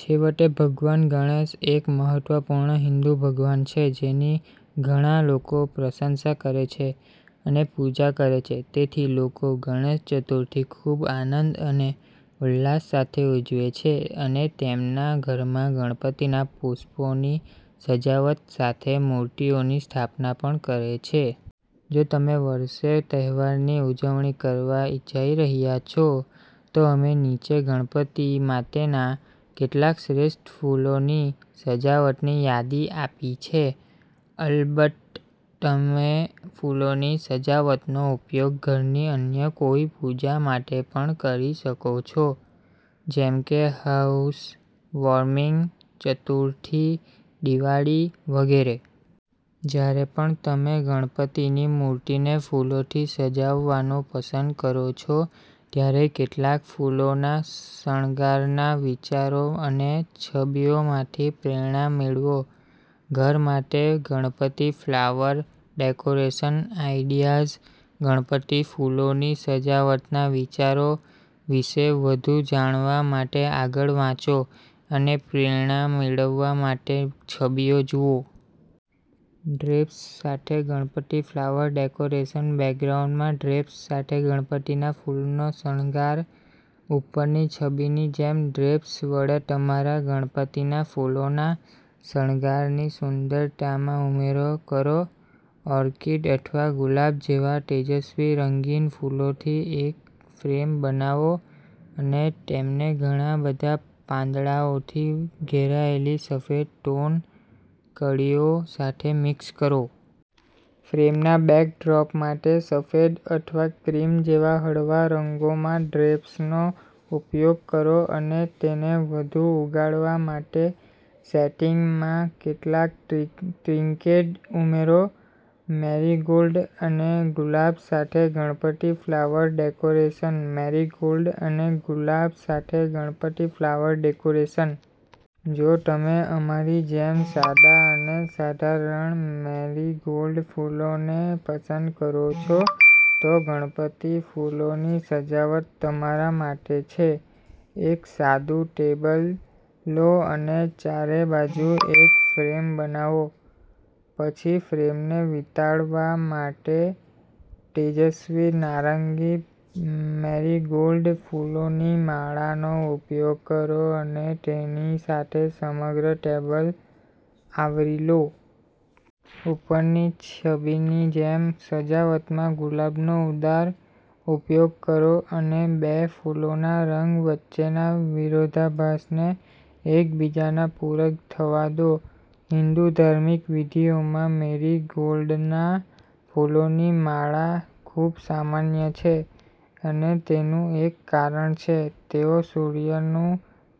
છેવટે, ભગવાન ગણેશ એક મહત્વપૂર્ણ હિંદુ ભગવાન છે જેની ઘણા લોકો પ્રશંસા કરે છે અને પૂજા કરે છે. તેથી લોકો ગણેશ ચતુર્થી ખૂબ આનંદ અને ઉલ્લાસ સાથે ઉજવે છે અને તેમના ઘરમાં ગણપતિના પુષ્પોની સજાવટ સાથે મૂર્તિઓની સ્થાપના પણ કરે છે. જો તમે વર્ષે તહેવારની ઉજવણી કરવા જઈ રહ્યા છો, તો અમે નીચે ગણપતિ માટેના કેટલાક શ્રેષ્ઠ ફૂલોની સજાવટની યાદી આપી છે. અલબત્ત, તમે ફૂલોની સજાવટનો ઉપયોગ ઘરની અન્ય કોઈ પૂજા માટે પણ કરી શકો છો, જેમ કે હાઉસવોર્મિંગ, ચતુર્થી, દિવાળી વગેરે. જ્યારે પણ તમે ગણપતિની મૂર્તિને ફૂલોથી સજાવવાનું પસંદ કરો છો, ત્યારે કેટલાક ફૂલોના શણગારના વિચારો અને છબીઓમાંથી પ્રેરણા મેળવો. ઘર માટે Ganpati flower decoration ideas. Ganpati ફૂલોની સજાવટના વિચારો વિશે વધુ જાણવા માટે આગળ વાંચો, અને પ્રેરણા મેળવવા માટે છબીઓ જુઓ. ડ્રેપ્સ સાથે ગણપતિ ફ્લાવર ડેકોરેશન. બેકગ્રાઉન્ડમાં ડ્રેપ્સ સાથે ગણપતિના ફૂલનો શણગાર. ઉપરની છબીની જેમ ડ્રેપ્સ વડે તમારા ગણપતિના ફૂલોના શણગારની સુંદરતામાં ઉમેરો કરો. ઓર્કિડ અથવા ગુલાબ જેવા તેજસ્વી રંગીન ફૂલોથી એક ફ્રેમ બનાવો અને તેમને ઘણાં બધાં પાંદડાઓથી ઘેરાયેલી સફેદ-ટોન કળીઓ સાથે મિક્સ કરો. ફ્રેમના બેકડ્રોપ માટે, સફેદ અથવા ક્રીમ જેવા હળવા રંગોમાં ડ્રેપ્સનો ઉપયોગ કરો અને તેને વધુ ઉગાડવા માટે સેટિંગમાં કેટલાક ટ્રિંકેટ ઉમેરો. મેરીગોલ્ડ અને ગુલાબ સાથે ગણપતિ ફ્લાવર ડેકોરેશન. મેરીગોલ્ડ અને ગુલાબ સાથે ગણપતિ ફ્લાવર ડેકોરેશન. જો તમે, અમારી જેમ, સાદા અને સાધારણ મેરીગોલ્ડ ફૂલોને પસંદ કરો છો, તો ગણપતિ ફૂલોની સજાવટ તમારા માટે છે. એક સાદું ટેબલ લો અને ચારે બાજુ એક ફ્રેમ બનાવો. પછી ફ્રેમને વીંટાળવા માટે તેજસ્વી નારંગી મેરીગોલ્ડ ફૂલોની માળાનો ઉપયોગ કરો અને તેની સાથે સમગ્ર ટેબલ આવરી લો. ઉપરની છબીની જેમ, સજાવટમાં ગુલાબનો ઉદાર ઉપયોગ કરો અને બે ફૂલોના રંગ વચ્ચેના વિરોધાભાસને એકબીજાના પૂરક થવા દો. હિંદુ ધાર્મિક વિધિઓમાં મેરીગોલ્ડના ફૂલોની માળા ખૂબ સામાન્ય છે, અને તેનું એક કારણ છે. તેઓ સૂર્યનું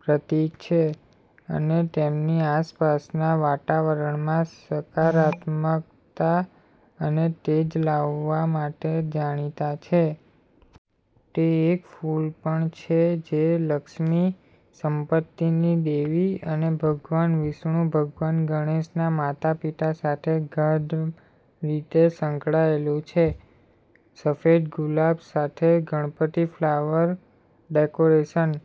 પ્રતીક છે અને તેમની આસપાસના વાતાવરણમાં સકારાત્મકતા અને તેજ લાવવા માટે જાણીતા છે. તે એક ફૂલ પણ છે જે લક્ષ્મી, સંપત્તિની દેવી અને ભગવાન વિષ્ણુ ભગવાન ગણેશના માતાપિતા સાથે ગાઢ રીતે સંકળાયેલું છે. સફેદ ગુલાબ સાથે ગણપતિ ફ્લાવર ડેકોરેશન.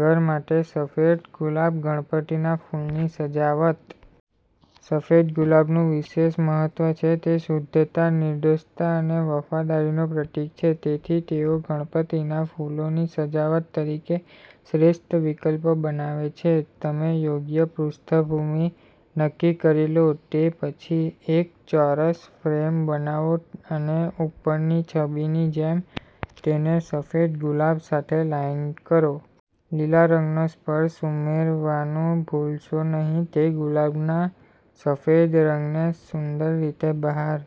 ઘર માટે સફેદ ગુલાબ ગણપતિના ફૂલની સજાવટ. સફેદ ગુલાબનું વિશેષ મહત્વ છે. તે શુદ્ધતા, નિર્દોષતા અને વફાદારીનું પ્રતીક છે. તેથી, તેઓ ગણપતિના ફૂલોની સજાવટ તરીકે શ્રેષ્ઠ વિકલ્પો બનાવે છે. તમે યોગ્ય પૃષ્ઠભૂમિ નક્કી કરી લો તે પછી, એક ચોરસ ફ્રેમ બનાવો અને ઉપરની છબીની જેમ તેને સફેદ ગુલાબ સાથે લાઇન કરો. લીલા રંગનો સ્પર્શ ઉમેરવાનું ભૂલશો નહીં. તે ગુલાબના સફેદ રંગને સુંદર રીતે બહાર